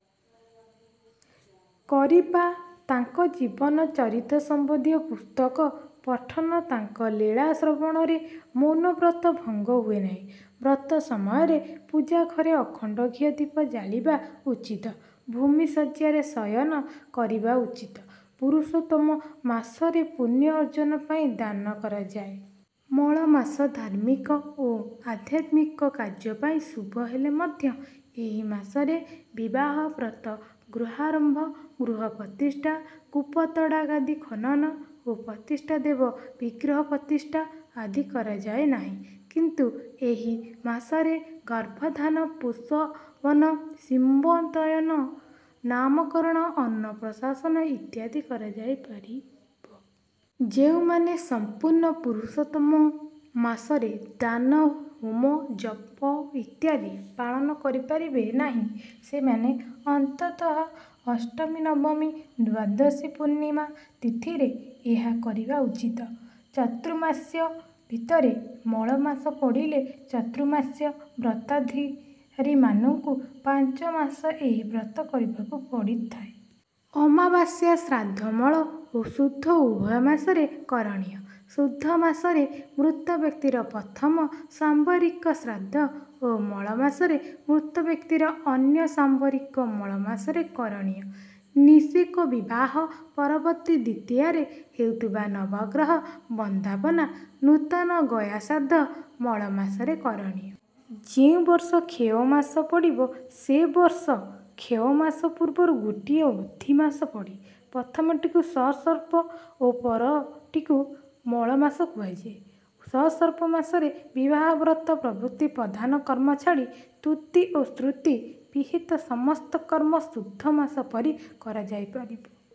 କରିବା ତାଙ୍କ ଜୀବନ ଚରିତ ସମ୍ବନ୍ଧୀୟ ପୁସ୍ତକ ପଠନ ତାଙ୍କ ଲୀଳା ଶ୍ରବଣରେ ମୌନବ୍ରତ ଭଙ୍ଗ ହୁଏନାହିଁ। ବ୍ରତ ସମୟରେ ପୂଜା ଘରେ ଅଖଣ୍ଡ ଘିଅ ଦୀପ ଜାଳିବା ଉଚିତ। ଭୂମି ଶଯ୍ୟାରେ ଶୟନ କରିବା ଉଚିତ। ପୁରୁଷୋତ୍ତମ ମାସରେ ପୂଣ୍ୟ ଅର୍ଜନ ପାଇଁ ଦାନ କରାଯାଏ। ମଳ ମାସ ଧାର୍ମିକ ଓ ଆଧ୍ୟାତ୍ମିକ କାର୍ଯ୍ୟ ପାଇଁ ଶୁଭ ହେଲେ ମଧ୍ୟ ଏହି ମାସରେ ବିବାହ ବ୍ରତ ଗୃହାରମ୍ଭ ଗୃହପ୍ରତିଷ୍ଠା କୂପତଡ଼ାଗାଦି ଖନନ ଓ ପ୍ରତିଷ୍ଠା ଦେବ ବିଗ୍ରହ ପ୍ରତିଷ୍ଠା ଆଦି କରାଯାଏ ନାହିଁ କିନ୍ତୁ ଏହି ମାସରେ ଗର୍ଭଧାନ ପୁଂସବନ ସିମନ୍ତୋନ୍ନୟନ ନାମକରଣ ଅନ୍ନପ୍ରାଶନ ଇତ୍ୟାଦି କରାଯାଇ ପାରିବ। ଯେଉଁମାନେ ସମ୍ପୁର୍ଣ୍ଣ ପୁରୁଷୋତ୍ତମ ମାସରେ ଦାନ ହୋମ ଜପ ଇତ୍ୟାଦି ପାଳନ କରିପାରିବେ ନାହିଁ ସେମାନେ ଅନ୍ତତଃ ଅଷ୍ଟମୀ ନବମୀ ଦ୍ୱାଦଶୀ ପୂର୍ଣ୍ଣିମା ତିଥିରେ ଏହା କରିବା ଉଚିତ। ଚତୁର୍ମାସ୍ୟା ଭିତରେ ମଳମାସ ପଡ଼ିଲେ ଚତୁର୍ମାସ୍ୟା ବ୍ରତଧାରୀମାନଙ୍କୁ ପାଞ୍ଚ ମାସ ଏହି ବ୍ରତ କରିବାକୁ ପଡ଼ିଥାଏ। ଅମାବାସ୍ୟା ଶ୍ରାଦ୍ଧ ମଳ ଓ ଶୁଦ୍ଧ ଉଭୟ ମାସରେ କରଣୀୟ। ଶୁଦ୍ଧ ମାସରେ ମୃତ ବ୍ୟକ୍ତିର ପ୍ରଥମ ସାମ୍ବତ୍ସରିକ ଶ୍ରାଦ୍ଧ ଓ ମଳମାସରେ ମୃତ ବ୍ୟକ୍ତିର ଅନ୍ୟ ସାମ୍ବତ୍ସରିକ ମଳ ମାସରେ କରଣୀୟ। ନିଷେକ ବିବାହ ପରବର୍ତ୍ତୀ ଦ୍ୱିତୀୟାରେ ହେଉଥିବା ନବଗ୍ରହ ବନ୍ଦାପନା ନୂତନ ଗୟାଶ୍ରାଦ୍ଧ ମଳମାସରେ କରଣୀୟ। ଯେଉଁ ବର୍ଷ କ୍ଷୟମାସ ପଡ଼ିବ ସେ ବର୍ଷ କ୍ଷୟମାସ ପୂର୍ବରୁ ଗୋଟିଏ ଅଧିମାସ ପଡ଼େ। ପ୍ରଥମଟିକୁ ସଂସର୍ପ ଓ ପରଟିକୁ ମଳମାସ କୁହାଯାଏ। ସଂସର୍ପ ମାସରେ ବିବାହ ବ୍ରତ ପ୍ରଭୃତି ପ୍ରଧାନ କର୍ମ ଛାଡ଼ି ଶ୍ରୁତି ଓ ସ୍ମୃତି ବିହିତ ସମସ୍ତ କର୍ମ ଶୁଦ୍ଧମାସ ପରି କରାଯାଇପାରିବ।